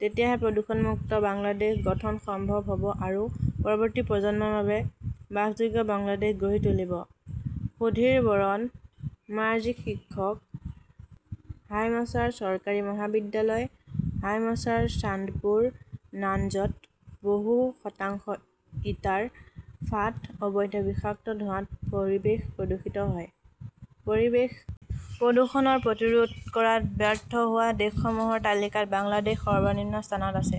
তেতিয়াহে প্ৰদূষণমুক্ত বাংলাদেশ গঠন সম্ভৱ হ'ব আৰু পৰৱৰ্তী প্ৰজন্মৰ বাবে বাসযোগ্য বাংলাদেশ গঢ়ি তুলিব। সুধীৰ বৰণ মাঝিঃ শিক্ষক, হাইমচাৰ চৰকাৰী মহাবিদ্যালয়, হাইমচাৰ, চান্দপুৰ নাঞ্জত বহু শতাংশ ইটাৰ ফাঁট, অবৈধ বিষাক্ত ধোঁৱাত পৰিৱেশ প্ৰদূষিত হয়। পৰিৱেশ প্ৰদূষণ প্ৰতিৰোধ কৰাত ব্যৰ্থ হোৱা দেশসমূহৰ তালিকাত বাংলাদেশ সৰ্বনিম্ন স্থানত আছে।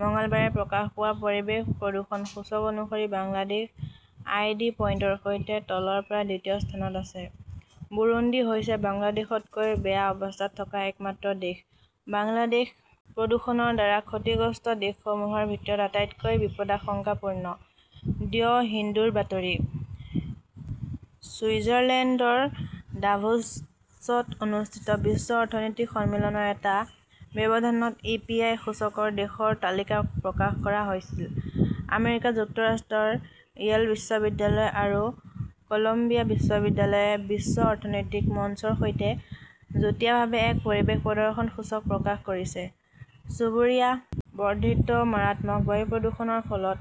মঙলবাৰে প্ৰকাশ পোৱা পৰিৱেশ প্ৰদৰ্শন সূচক অনুসৰি বাংলাদেশ আই. ডি. পইণ্টৰ সৈতে তলৰ পৰা দ্বিতীয় স্থানত আছে। বুৰুণ্ডী হৈছে বাংলাদেশতকৈ বেয়া অৱস্থাত থকা একমাত্ৰ দেশ। বাংলাদেশ প্ৰদূষণৰ দ্বাৰা ক্ষতিগ্ৰস্ত দেশসমূহৰ ভিতৰত আটাইতকৈ বিপদাশংকাপূৰ্ণ। দ্য হিন্দুৰ বাতৰি। ছুইজাৰলেণ্ডৰ ডাভোছত অনুষ্ঠিত বিশ্ব অৰ্থনৈতিক সন্মিলনৰ এটা ব্যৱধানত ই. পি. আই. সূচকৰ দেশৰ তালিকা প্ৰকাশ কৰা হৈছিল। আমেৰিকা যুক্তৰাষ্ট্ৰৰ ইয়েল বিশ্ববিদ্যালয় আৰু কলম্বিয়া বিশ্ববিদ্যালয়ে বিশ্ব অৰ্থনৈতিক মঞ্চৰ সৈতে যুটীয়াভাৱে এক পৰিৱেশ প্ৰদৰ্শন সূচক প্ৰকাশ কৰিছে। চুবুৰীয়া 'বৰ্ধিত মাৰাত্মক বায়ু প্ৰদূষণৰ ফলত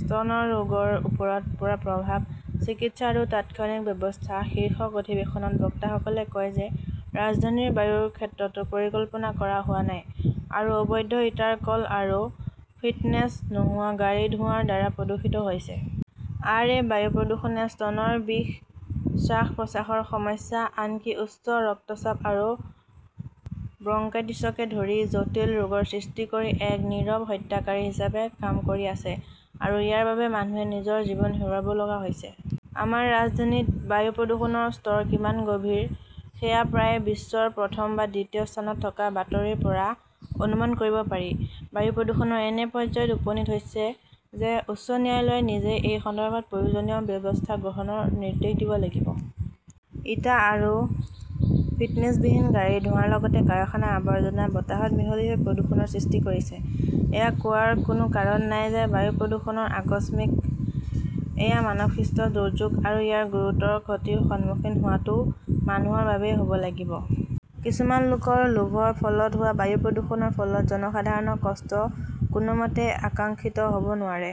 স্তনৰ ৰোগৰ ওপৰত পৰা প্ৰভাৱ, চিকিৎসা আৰু তাৎক্ষণিক ব্যৱস্থা',শীৰ্ষক অধিৱেশনত বক্তাসকলে কয় যে ৰাজধানীৰ বায়ুৰ ক্ষেত্ৰতো পৰিকল্পনা কৰা হোৱা নাই আৰু অবৈধ ইটাৰ কল আৰু ফিটনেছ নোহোৱা গাড়ীৰ ধোঁৱাৰ দ্বাৰা প্ৰদূষিত হৈছে। আৰ. এ. বায়ু প্ৰদূষণে স্তনৰ বিষ, শ্বাস-প্ৰশ্বাসৰ সমস্যা, আনকি উচ্চ ৰক্তচাপ আৰু ব্ৰংকাইটিছকে ধৰি জটিল ৰোগৰ সৃষ্টি কৰি এক নীৰৱ হত্যাকাৰী হিচাপে কাম কৰি আছে আৰু ইয়াৰ বাবে মানুহে নিজৰ জীৱন হেৰুৱাব লগা হৈছে। আমাৰ ৰাজধানীত বায়ু প্ৰদূষণৰ স্তৰ কিমান গভীৰ সেয়া প্ৰায়ে বিশ্বৰ প্ৰথম বা দ্বিতীয় স্থানত থকা বাতৰিৰ পৰা অনুমান কৰিব পাৰি। বায়ু প্ৰদূষণ এনে পৰ্যায়ত উপনীত হৈছে যে উচ্চ ন্যায়ালয়ে নিজেই এই সন্দৰ্ভত প্ৰয়োজনীয় ব্যৱস্থা গ্ৰহণৰ নিৰ্দেশ দিব লাগিব। ইটা আৰু ফিটনেছবিহীন গাড়ীৰ ধোঁৱাৰ লগতে কাৰখানাৰ আৱৰ্জনা বতাহত মিহলি হৈ প্ৰদূষণৰ সৃষ্টি কৰিছে। এয়া কোৱাৰ কোনো কাৰণ নাই যে বায়ু প্ৰদূষণ আকস্মিক, এয়া মানৱসৃষ্ট দুৰ্যোগ আৰু ইয়াৰ গুৰুতৰ ক্ষতিৰ সন্মুখীন হোৱাটোও মানুহৰ বাবেই হ'ব লাগিব। কিছুমান লোকৰ লোভৰ ফলত হোৱা বায়ু প্ৰদূষণৰ ফলত জনসাধাৰণৰ কষ্ট কোনোমতে আকাংক্ষিত হ'ব নোৱাৰে।